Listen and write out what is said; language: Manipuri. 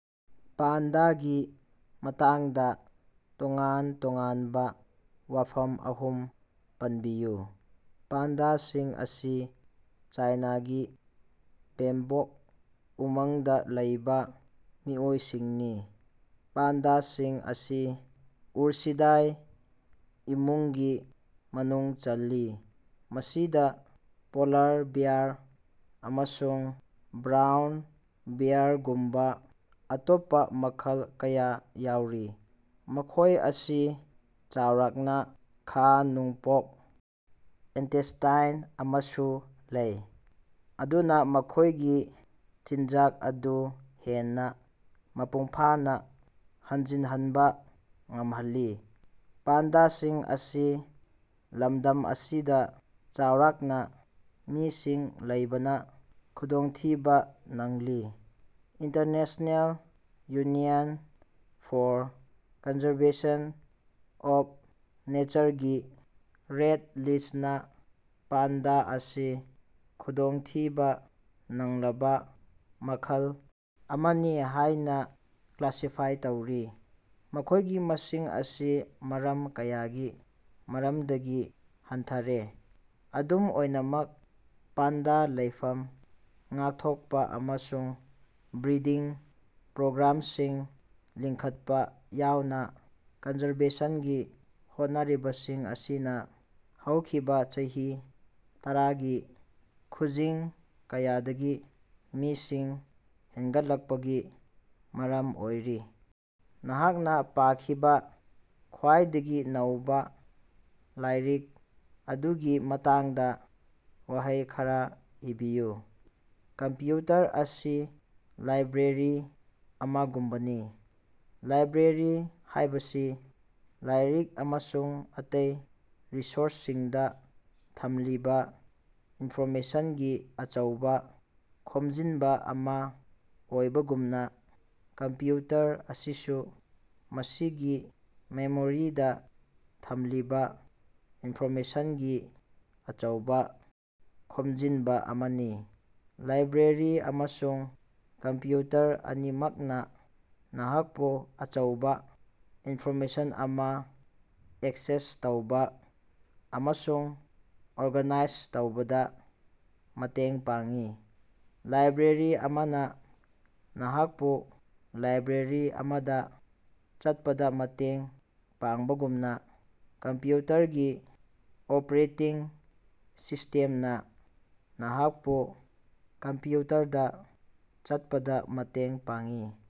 ꯄꯥꯟꯗꯥꯒꯤ ꯃꯇꯥꯡꯗꯥ ꯇꯣꯉꯥꯟ-ꯇꯣꯉꯥꯟꯕꯥ ꯋꯥꯐꯝ ꯑꯍꯨꯝ ꯄꯟꯕꯤꯌꯨ꯫ ꯄꯥꯟꯗꯥꯁꯤꯡ ꯑꯁꯤ ꯆꯥꯏꯅꯥꯒꯤ ꯕꯦꯝꯕꯣꯛ ꯎꯃꯪꯗꯥ ꯂꯩꯕꯥ ꯃꯤꯑꯣꯏꯁꯤꯡꯅꯤ꯫ ꯄꯥꯟꯗꯥꯁꯤꯡ ꯑꯁꯤ ꯎꯔꯁꯤꯗꯥꯏ ꯏꯃꯨꯡꯒꯤ ꯃꯅꯨꯡ ꯆꯜꯂꯤ, ꯃꯁꯤꯗꯥ ꯄꯣꯂꯥꯔ ꯕꯦꯌꯥꯔ ꯑꯃꯁꯨꯡ ꯕ꯭ꯔꯥꯎꯟ ꯕꯦꯌꯔꯒꯨꯝꯕꯥ ꯑꯇꯣꯞꯄꯥ ꯃꯈꯜ ꯀꯌꯥ ꯌꯥꯎꯔꯤ꯫ ꯃꯈꯣꯏ ꯑꯁꯤ ꯆꯥꯎꯔꯥꯛꯅꯥ ꯈꯥ-ꯅꯣꯡꯄꯣꯛ ꯏꯟꯇꯦꯁꯇꯥꯏꯟ ꯑꯃꯁꯨ ꯂꯩ, ꯃꯗꯨꯅꯥ ꯃꯈꯣꯏꯒꯤ ꯆꯤꯟꯖꯥꯛ ꯑꯗꯨ ꯍꯦꯟꯅꯥ ꯃꯄꯨꯡꯐꯥꯅꯥ ꯍꯟꯖꯤꯟꯍꯟꯕꯥ ꯉꯝꯍꯜꯂꯤ꯫ ꯄꯥꯟꯗꯥꯁꯤꯡ ꯑꯁꯤ ꯂꯝꯗꯝ ꯑꯁꯤꯗꯥ ꯆꯥꯎꯔꯥꯛꯅꯥ ꯃꯤꯁꯤꯡ ꯂꯩꯕꯅꯥ ꯈꯨꯗꯣꯡꯊꯤꯕꯥ ꯅꯪꯂꯤ꯫ International union for conservation of ꯅꯦꯆꯔꯒꯤ ꯔꯦꯠ ꯂꯤꯁꯅꯥ ꯄꯥꯟꯗꯥ ꯑꯁꯤ ꯈꯨꯗꯣꯡꯊꯤꯕꯥ ꯅꯪꯂꯕꯥ ꯃꯈꯜ ꯑꯃꯅꯤ ꯍꯥꯏꯅꯥ ꯀ꯭ꯂꯥꯁꯤꯐꯥꯏ ꯇꯧꯔꯤ, ꯃꯈꯣꯏꯒꯤ ꯃꯁꯤꯡ ꯑꯁꯤ ꯃꯔꯝ ꯀꯌꯥꯒꯤ ꯃꯔꯝꯗꯒꯤ ꯍꯟꯊꯔꯦ꯫ ꯑꯗꯨꯝ ꯑꯣꯏꯅꯃꯛ, ꯄꯥꯟꯗꯥ ꯂꯩꯐꯝ ꯉꯥꯛꯊꯣꯛꯄꯥ ꯑꯃꯁꯨꯡ ꯕ꯭ꯔꯤꯗꯤꯡ ꯄ꯭ꯔꯣꯒ꯭ꯔꯥꯝꯁꯤꯡ ꯂꯤꯡꯈꯠꯄꯥ ꯌꯥꯎꯅꯥ ꯀꯟꯖꯔꯕꯦꯁꯟꯒꯤ ꯍꯣꯠꯅꯔꯤꯕꯁꯤꯡ ꯑꯁꯤꯅꯥ ꯍꯧꯈꯤꯕꯥ ꯆꯍꯤ ꯇꯔꯥꯒꯤ ꯈꯨꯖꯤꯡ ꯀꯌꯥꯗꯒꯤ ꯃꯤꯁꯤꯡ ꯍꯦꯟꯒꯠꯂꯛꯄꯒꯤ ꯃꯔꯝ ꯑꯣꯏꯔꯤ꯫ ꯅꯍꯥꯛꯅꯥ ꯄꯥꯈꯤꯕꯥ ꯈ꯭ꯋꯥꯏꯗꯒꯤ ꯅꯧꯕꯥ ꯂꯥꯏꯔꯤꯛ ꯑꯗꯨꯒꯤ ꯃꯇꯥꯡꯗꯥ ꯋꯥꯍꯩ ꯈꯔꯥ ꯏꯕꯤꯌꯨ꯫ ꯀꯝꯄ꯭ꯌꯨꯇꯔ ꯑꯁꯤ ꯂꯥꯏꯕ꯭ꯔꯦꯔꯤ ꯑꯃꯒꯨꯝꯕꯅꯤ꯫ ꯂꯥꯏꯕ꯭ꯔꯦꯔꯤ ꯍꯥꯏꯕꯁꯤ ꯂꯥꯏꯔꯤꯛ ꯑꯃꯁꯨꯡ ꯑꯇꯩ ꯔꯤꯁꯣꯔꯁꯁꯤꯡꯗꯥ ꯊꯝꯂꯤꯕꯥ ꯏꯟꯐꯣꯔꯃꯦꯁꯟꯒꯤ ꯑꯆꯧꯕꯥ ꯈꯣꯝꯖꯤꯟꯕꯥ ꯑꯃꯥ ꯑꯣꯏꯕꯒꯨꯝꯅꯥ, ꯀꯝꯄ꯭ꯌꯨꯇꯔ ꯑꯁꯤꯁꯨ ꯃꯁꯤꯒꯤ ꯃꯦꯃꯣꯔꯤꯗꯥ ꯊꯝꯂꯤꯕꯥ ꯏꯟꯐꯣꯔꯃꯦꯁꯟꯒꯤ ꯑꯆꯧꯕꯥ ꯈꯣꯝꯖꯤꯟꯕꯥ ꯑꯃꯅꯤ꯫ ꯂꯥꯏꯕ꯭ꯔꯦꯔꯤ ꯑꯃꯁꯨꯡ ꯀꯝꯄ꯭ꯌꯨꯇꯔ ꯑꯅꯤꯃꯛꯅꯥ ꯅꯍꯥꯛꯄꯨ ꯑꯆꯧꯕꯥ ꯏꯟꯐꯣꯔꯃꯦꯁꯟ ꯑꯃꯥ ꯑꯦꯛꯁꯦꯁ ꯇꯧꯕꯥ ꯑꯃꯁꯨꯡ ꯑꯣꯔꯒꯥꯅꯥꯏꯖ ꯇꯧꯕꯗꯥ ꯃꯇꯦꯡ ꯄꯥꯡꯏ꯫ ꯂꯥꯏꯕ꯭ꯔꯦꯔꯤ ꯑꯃꯅꯥ ꯅꯍꯥꯛꯄꯨ ꯂꯥꯏꯕ꯭ꯔꯦꯔꯤ ꯑꯃꯗꯥ ꯆꯠꯄꯗꯥ ꯃꯇꯦꯡ ꯄꯥꯡꯕꯒꯨꯝꯅꯥ, ꯀꯝꯄ꯭ꯌꯨꯇꯔꯒꯤ ꯑꯣꯄꯔꯦꯇꯤꯡ ꯁꯤꯁꯇꯦꯝꯅꯥ ꯅꯍꯥꯛꯄꯨ ꯀꯝꯄ꯭ꯌꯨꯇꯔꯗꯥ ꯆꯠꯄꯗꯥ ꯃꯇꯦꯡ ꯄꯥꯡꯏ꯫